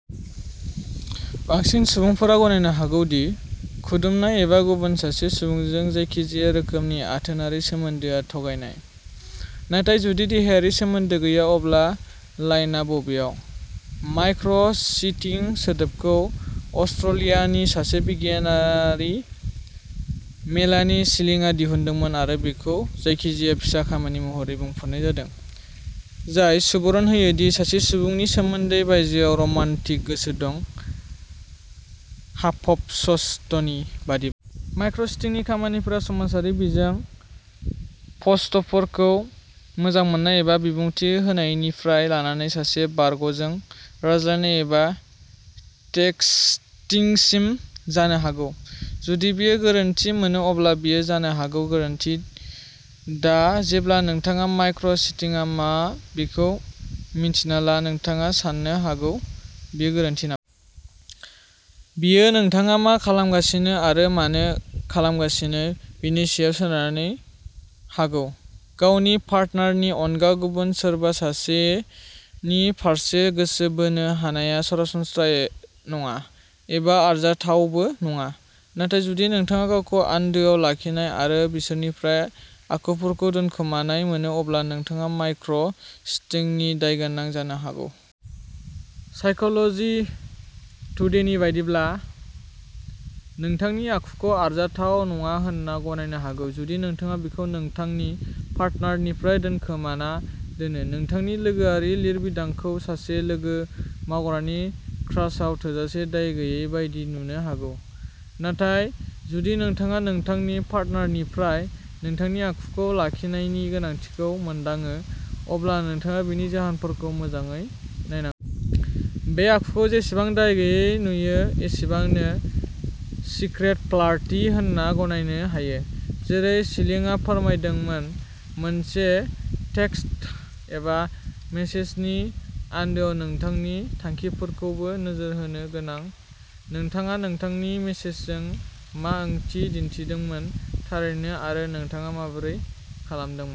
बांसिन सुबुंफोरा गनायनो हागौ दि खुदुमनाय एबा गुबुन सासे सुबुंजों जायखिजाया रोखोमनि आथोनारि सोमोन्दोआ थगायनाय। नाथाय जुदि देहायारि सोमोन्दो गैया, अब्ला लाइनआ बबेयाव? "माइक्र'- चिटिं" सोदोबखौ अस्ट्रेलियानि गोसो बिगियानगिरि मेलानी शिलिंआ दिहुनदोंमोन आरो बेखौ जायखिजाया फिसा खामानि महरै बुंफोरनाय जादों जाय सुबुरुन होयो दि सासे सुबुंनि सोमोन्दोनि बायजोआव रमान्टिक गोसो दं, हाफपस्टनि बायदिब्ला। माइक्र'- चिटिंनि खामानिफोरा समाजारि बिजों पस्टफोरखौ मोजां मोन्नाय एबा बिबुंथि होनायनिफ्राय लानानै सासे बारग'जों रायज्लायनाय एबा टेक्सटिंसिम जानो हागौ। जुदि बेयो गोरोन्थि मोनो, अब्ला बेयो जानो हागौ गोरोन्थि। दा जेब्ला नोंथाङा माइक्र'- चिटिंआ मा बेखौ मिन्थिना ला, नोंथाङा सोंनो हागौ, "बेयो गोरोन्थि नामा? " बेयो नोंथाङा मा खालामगासिनो आरो मानो खालामगासिनो बेनि सायाव सोनारनो हागौ। गावनि पार्टनारनि अनगा गुबुन सोरबा सासेनि फारसे गोसो बोनो हानाया सरासनस्रा नङा एबा आरजाथावबो नङा, नाथाय जुदि नोंथाङा गावखौ आन्दोआव लाखिनाय आरो बिसोरनिफ्राय आखुफोरखौ दोनखोमानाय मोनो, अब्ला नोंथाङा माइक्र'- चिटिंनि दायगोनां जानो हागौ। साइकोल'जि टुडेनि बायदिब्ला, नोंथांनि आखुखौ आरजाथाव नङा होनना गनायनो हागौ, जुदि नोंथाङा बेखौ नोंथांनि पार्टनारनिफ्राय दोनखोमाना दोनो। नोंथांनि लोगोआरि लिरबिदांखौ सासे लोगो-मावग्रानि क्रासआव थोजासे दाय गैयै बायदि नुनो हागौ, नाथाय जुदि नोंथाङा नोंथांनि पार्टनारनिफ्राय नोंथांनि आखुखौ लाखिनायनि गोनांथिखौ मोनदाङो, अब्ला नोंथाङा बेनि जाहोनफोरखौ मोजाङै नायनांगौ। बे आखुखौ, जेसेबां दाय गैयै नुयो एसेबांनो, सिक्रेट फ्लार्टिं होनना गनायनो हायो, जेरै शिलिंआ फोरमायदोंमोन। मोनसे टेक्सट एबा मेसेजनि आन्दोआव नोंथांनि थांखिफोरखौबो नोजोर होनो गोनां-नोंथाङा नोंथांनि मेसेजजों मा ओंथि दिन्थिदोंमोन, थारैनो, आरो नोंथाङा माबोरै खालामदोंमोन।